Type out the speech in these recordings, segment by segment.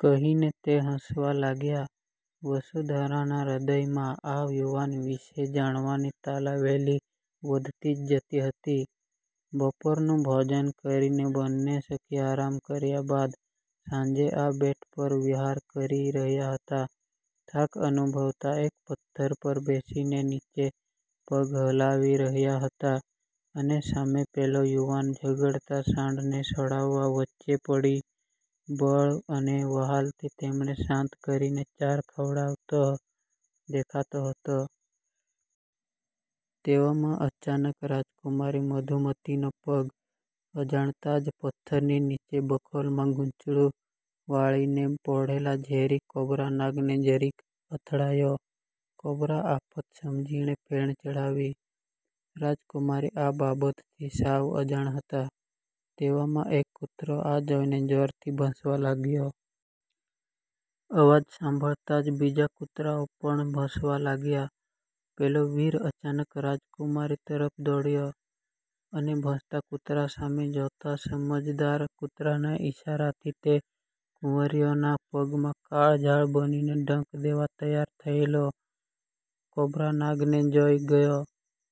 કહીને તે હસવા લાગ્યાં. વસુંધરાનાં હ્નદયમાં આ યુવાન વિશે જાણવાની તાલાવેલી વધતી જ જતી હતી. બપોરનું ભોજન કરીને બંને સખી આરામ કર્યા બાદ સાંજે આ બેટ પર વિહાર કરી રહ્યાં હતાં. થાક અનુભવતાં એક પથ્થર પર બેસીને નીચે પગ હલાવી રહ્યાં હતાં અને સામે પેલો યુવાન ઝગડતાં સાંઢને છોડાવા વચ્ચે પડી બળ અને વ્હાલથી તેમણે શાંત કરીને ચાર ખવડાવતો દેખાતો હતો. તેવામાં અચાનક રાજકુમારી મધુમતીનો પગ અજાણતાં જ પથ્થરની નીચે બખોલમાં ગુંચળું વાળીને પોઢેલા ઝેરી કોબ્રા નાગને જરીક અથડાયો. કોબ્રા આફત સમજીને ફેણ ચડાવી. રાજકુમારી આ બાબતથી સાવ અજાણ હતાં. તેવામાં એક કૂતરો આ જોઈને જોરથી ભસવા લાગ્યો. અવાજ સાંભળતાં જ બીજા કુતરાંઓ પણ ભસવા લાગ્યાં. પેલો વીર અચાનક રાજકુમારી તરફ દોડ્યો અને ભસતાં કુતરાં સામે જોતાં સમજદાર કુતરાના ઇશારાથી તે કુંવરીઓના પગમાં કાળઝાળ બનીને ડંખ દેવા તૈયાર થયેલો કોબ્રા નાગને જોઈ ગયો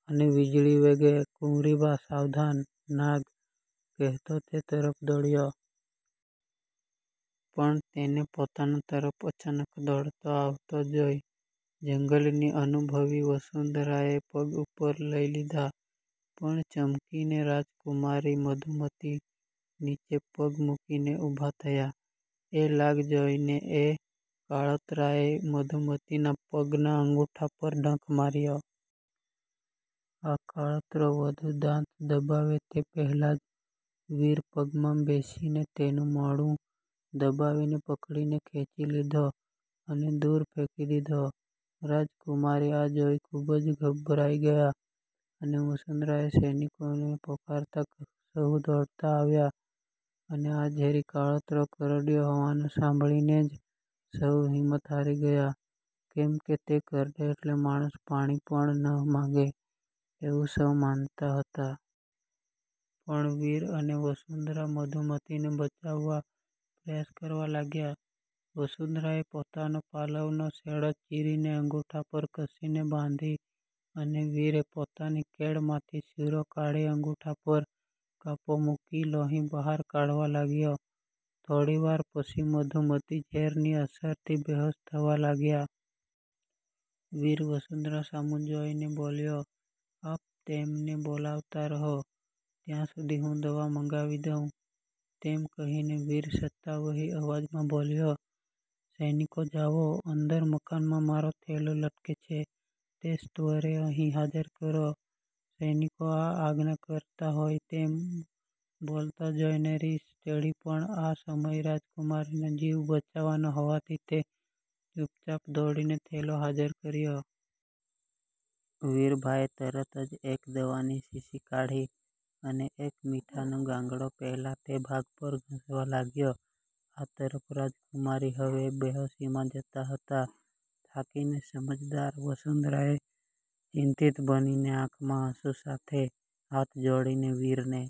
અને વીજળી વેગે "કુંવરીબા સાવધાન, નાગ" કહેતો તે તરફ દોડ્યો. પણ તેને પોતાનાં તરફ અચાનક દોડતો આવતો જોઈ જંગલની અનુભવી વસુંધરાએ પગ ઉપર લઈ લીધા પણ ચમકીને રાજકુમારી મધુમતી નીચે પગ મૂકીને ઊભાં થયાં. એ લાગ જોઈને એ કાળોતરાએ મધુમતીનાં પગનાં અંગુઠા પર ડંખ માર્યો. આ કાળોતરો વઘુ દાંત દબાવે તે પહેલાં જ વીર પગમાં બેસીને તેનું મોઢું દબાવીને પકડીને ખેંચી લીધો અને દુર ફેંકી દીધો. રાજકુમારી આ જોઈને ખુબ જ ગભરાઈ ગયાં અને વસુંધરાએ સૈનિકોને પોકારતાં સહુ દોડતાં આવ્યાં, અને આ ઝેરી કાળોતરો કરડ્યો હોવાનું સાંભળીને જ સહુ હિંમત હારી ગયાં, કેમ કે તે કરડે એટલે માણસ પાણી પણ ન માંગે એવું સહુ માનતા હતાં. પણ વીર અને વસુંધરા મધુમતીને બચાવવાં પ્રયાસ કરવા લાગ્યાં. વસુંધરાએ પોતાનો પાલવનો છેડો ચીરીને અંગુઠા પર કસીને બાંધી અને વીરે પોતાની કેડમાંથી છૂરો કાઢી અંગુઠા પર કાપો મૂકી લોહી બહાર કાઢવાં લાગ્યો. થોડીવાર પછી મધુમતી ઝેરની અસરથી બેહોશ થવાં લાગ્યાં. વીર વસુંધરા સામું જોઈને બોલ્યો,"આપ તેમને બોલાવતાં રહો, ત્યાં સુધી હું દવા મંગાવી દઉ" તેમ કહીને વીર સત્તાવહી અવાજમાં બોલ્યો,"સૈનિકો જાવો અંદર મકાનમાં મારો થેલો લટકે છે, તે સત્વરે અહીં હાજર કરો." સૈનિકોને આ આજ્ઞા કરતો હોય તેમ બોલતો જોઈને રીસ ચડી પણ આ સમય રાજકુમારીનો જીવ બચાવવાનો હોવાથી તે ચુપચાપ દોડીને થેલો હાજર કર્યોં. વીરભાઈએ તરત જ એક દવાની શીશી કાઢી અને એક મીઠાનો ગાંગડો પહેલાં તે ભાગ પર ઘસવાં લાગ્યો. આ તરફ રાજકુમારી હવે બેહોશીમાં જતાં હતાં. થાકીને સમજદાર વસુંધરાએ ચિંતિત બનીને આંખમાં આંસું સાથે હાથ જોડીને વીરને